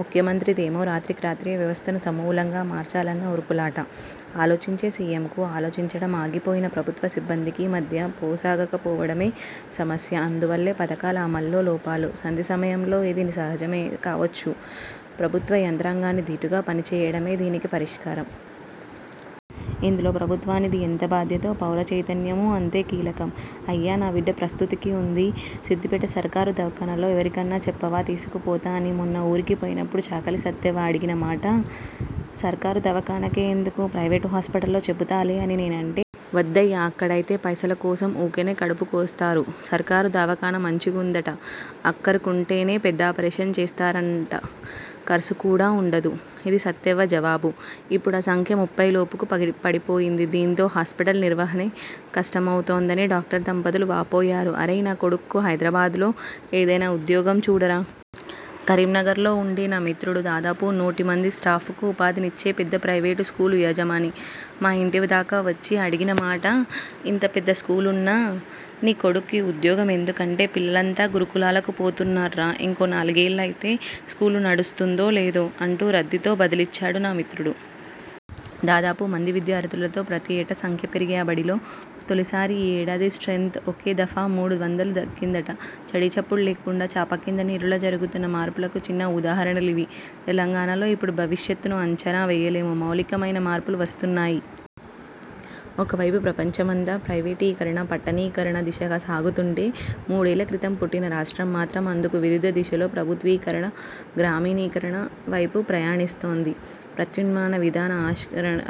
ముఖ్యమంత్రిదేమో రాత్రికి రాత్రి వ్యవస్థను సమూలంగా మార్చాలన్న ఉరుకులాట! ఆలోచించే సీఎంకు, ఆలోచించడం ఆగిపోయిన ప్రభుత్వ సిబ్బందికి మధ్య పో సగకపోవడమే సమస్య. అందువల్లే పథకాల అమల్లో లోపాలు. సంధి సమయంలో ఇది సహజమే కావచ్చు. ప్రభుత్వ యంత్రాంగాన్ని దీటుగా పని చేయించడమే దీనికి పరిష్కారం. ఇందులో ప్రభుత్వానిది ఎంత బాధ్యతో, పౌర చైతన్యమూ అంతే కీలకం. ''అయ్యా.. నా బిడ్డ ప్రస్తూతికి ఉంది. సిద్దిపేట సర్కారు దవాఖానలో ఎవరికన్న చెప్పవా? తీస్కపోత'' ఇది మొన్న ఊరికి పోయినప్పడు చాకలి సత్తెవ్వ అడిగిన మాట. ''సర్కారు దవాఖానకే ఎందుకు? ప్రైవేటు హాస్పిటల్లో చెబుతాలే'' అని నేనంటే. ''వద్దయ్యా. ఆడైతే పైసల కోసం ఊకెనే కడుపు కోస్తరు. సర్కారు దవాఖాన మంచిగుందట. అక్కరకుంటేనే పెద్దాపరేషన్ చేస్తన్నరట. కర్సు కూడా ఉండదు'' ఇది సత్తెవ్వ జవాబు. ఇప్పుడా సంఖ్య ముప్పై లోపుకు పడిపోయింది దీంతో హాస్పిటల్ నిర్వహణే కష్టమవుతోందని డాక్టర్ దంపతులు వాపోయారు. ''అరేయ్.. నా కొడుక్కు హైదరాబాద్లో ఏదైనా ఉద్యోగం చూడరా? కరీంనగర్లో ఉండే నా మిత్రుడు, దాదాపు నూట మంది స్టాఫ్కు ఉపాధినిచ్చే పెద్ద ప్రైవేటు స్కూలు యజమాని, మా ఇంటి దాకా వచ్చి అడిగిన మాట ఇంత పెద్ద స్కూలున్న నీ కొడుక్కు ఉద్యోగం ఎందుకంటే '' పిల్లలంతా గురుకులాలకు పోతున్నారా. ఇంకో నాలుగేళ్లైతే స్కూలు నడుస్తుందో లేదో '' అంటూ రద్ది తో బదులిచ్చాడు నా మిత్రుడు! దాదాపు మంది విద్యార్థులతో, ప్రతి ఏటా సంఖ్య పెరిగే ఆ బడిలో, తొలిసారి ఈ ఏడాది స్ర్టెంత్ ఒకే దఫా మూడు వందలు తగ్గిందట! చడీచప్పుడు లేకుండా, చాపకింద నీరులా జరుగుతున్న మార్పులకు చిన్న ఉదాహరణలివి. తెలంగాణలో ఇప్పుడు 'భవిష్యత్తును అంచనా వేయలేని' మౌలికమైన మార్పులు వస్తున్నాయి. ఒకవైపు ప్రపంచమంతా ప్రైవేటీకరణ, పట్టణీకరణ దిశగా సాగుతుంటే, మూడేళ్ల క్రితం పుట్టిన రాష్ట్రం మాత్రం, అందుకు విరుద్ధ దిశలో ప్రభుత్వీకరణ, గ్రామీణీకరణ వైపు ప్రయాణిస్తోంది! ప్రత్యామ్నాయ విధాన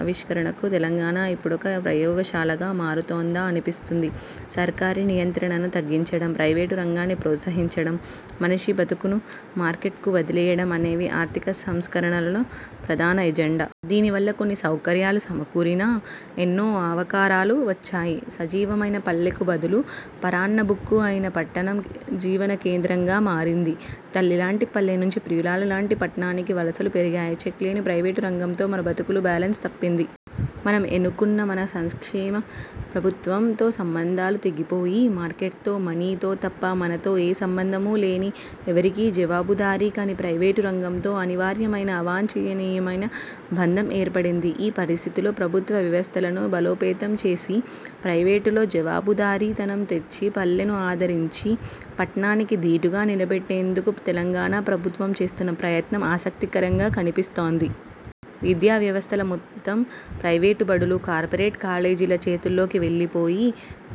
ఆవిష్కరణకు తెలంగాణ ఇప్పుడొక ప్రయోగశాలగా మారుతోందా అనిపిస్తోంది. సర్కారీ నియంత్రణను తగ్గించడం, ప్రైవేటు రంగాన్ని ప్రోత్సహించడం, మనిషి బతుకును మార్కెట్కు వదిలేయడం అనేవి ఆర్థిక సంస్కరణల ప్రధాన ఎజెండా. దీనివల్ల కొన్ని సౌకర్యాలు సమకూరినా, ఎన్నో అవకరాలూ వచ్చాయి. సజీవమైన పల్లెకు బదులు, పరాన్న భుక్కు అయిన పట్టణం జీవన కేంద్రంగా మారింది. తల్లిలాంటి పల్లె నుంచి ప్రియురాలి లాంటి పట్నానికి వలసలు పెరిగాయి. చెక్ లేని ప్రైవేటు రంగంతో మన బతుకు బ్యాలెన్స్ తప్పింది. 'మనం ఎన్నుకున్న, మన సంక్షేమ ప్రభుత్వం'తో సంబంధాలు తెగిపోయి, మార్కెట్తో, మనీతో తప్ప మనతో ఏ సంబంధము లేని, ఎవరికీ జవాబుదారీ కాని ప్రైవేటు రంగంతో అనివార్యమైన, అవాంఛనీయమైన బంధం ఏర్పడింది. ఈ పరిస్థితిలో ప్రభుత్వ వ్యవస్థలను బలోపేతం చేసి, ప్రైవేటులో జవాబుదారీ తనం తెచ్చి, పల్లెను ఆదరించి, పట్నానికి దీటుగా నిలబెట్టేందుకు తెలంగాణ ప్రభుత్వం చేస్తున్న ప్రయత్నం ఆసక్తికరంగా కనిపిస్తోంది. విద్యావ్యవస్థ మొత్తం ప్రైవేటు బడులు, కార్పొరేట్ కాలేజీల చేతుల్లోకి వెళ్లిపోయి,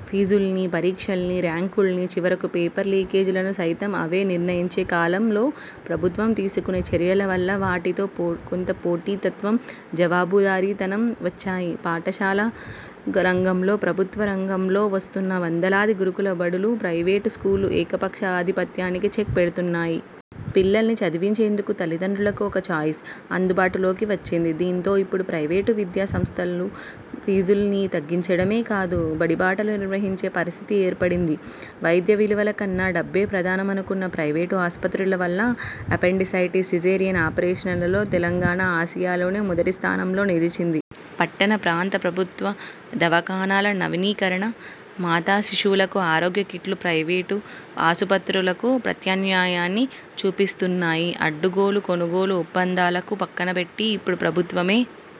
ఫీజుల్ని, పరీక్షల్ని, ర్యాంకుల్ని, చివరికి పేపర్ లీకేజీలను సైతం అవే నిర్ణయించే కాలంలో ప్రభుత్వం తీసుకున్న చర్యల వల్ల వాటితో కొంత పోటీతత్వం, జవాబుదారీ తనం వచ్చాయి. పాఠశాల రంగంలో ప్రభుత్వ రంగంలో వస్తున్న వందలాది గురుకుల బడులు ప్రైవేటు స్కూళ్ల ఏకపక్ష ఆధిపత్యానికి చెక్ పెడుతున్నాయి. పిల్లల్ని చదివించేందుకు తల్లిదండ్రులకు ఒక 'చాయిస్' అందుబాటులోకి వచ్చింది. దీంతో ఇప్పుడు ప్రైవేటు విద్యా సంస్థలు ఫీజుల్ని తగ్గించడమే కాదు బడి బాటలు నిర్వహించే పరిస్థితి ఏర్పడింది. వైద్య విలువల కన్నా డబ్బే ప్రధానమనుకున్న ప్రైవేటు ఆస్పత్రుల వల్ల, అపెండిసైటిస్, సిజేరియన్ ఆపరేషన్లలో తెలంగాణ ఆసియాలోనే మొదటి స్థానంలో నిలిచింది. పట్టణ ప్రాంత ప్రభుత్వ దవాఖానాల నవీకరణ, మాతా శిశువులకు ఆరోగ్య కిట్లు ప్రైవేటు ఆస్పత్రులకు ప్రత్యామ్నాయాన్ని చూపిస్తున్నాయి. అడ్డగోలు కొనుగోలు ఒప్పందాలకు పక్కనబెట్టి ఇప్పుడు ప్రభుత్వమే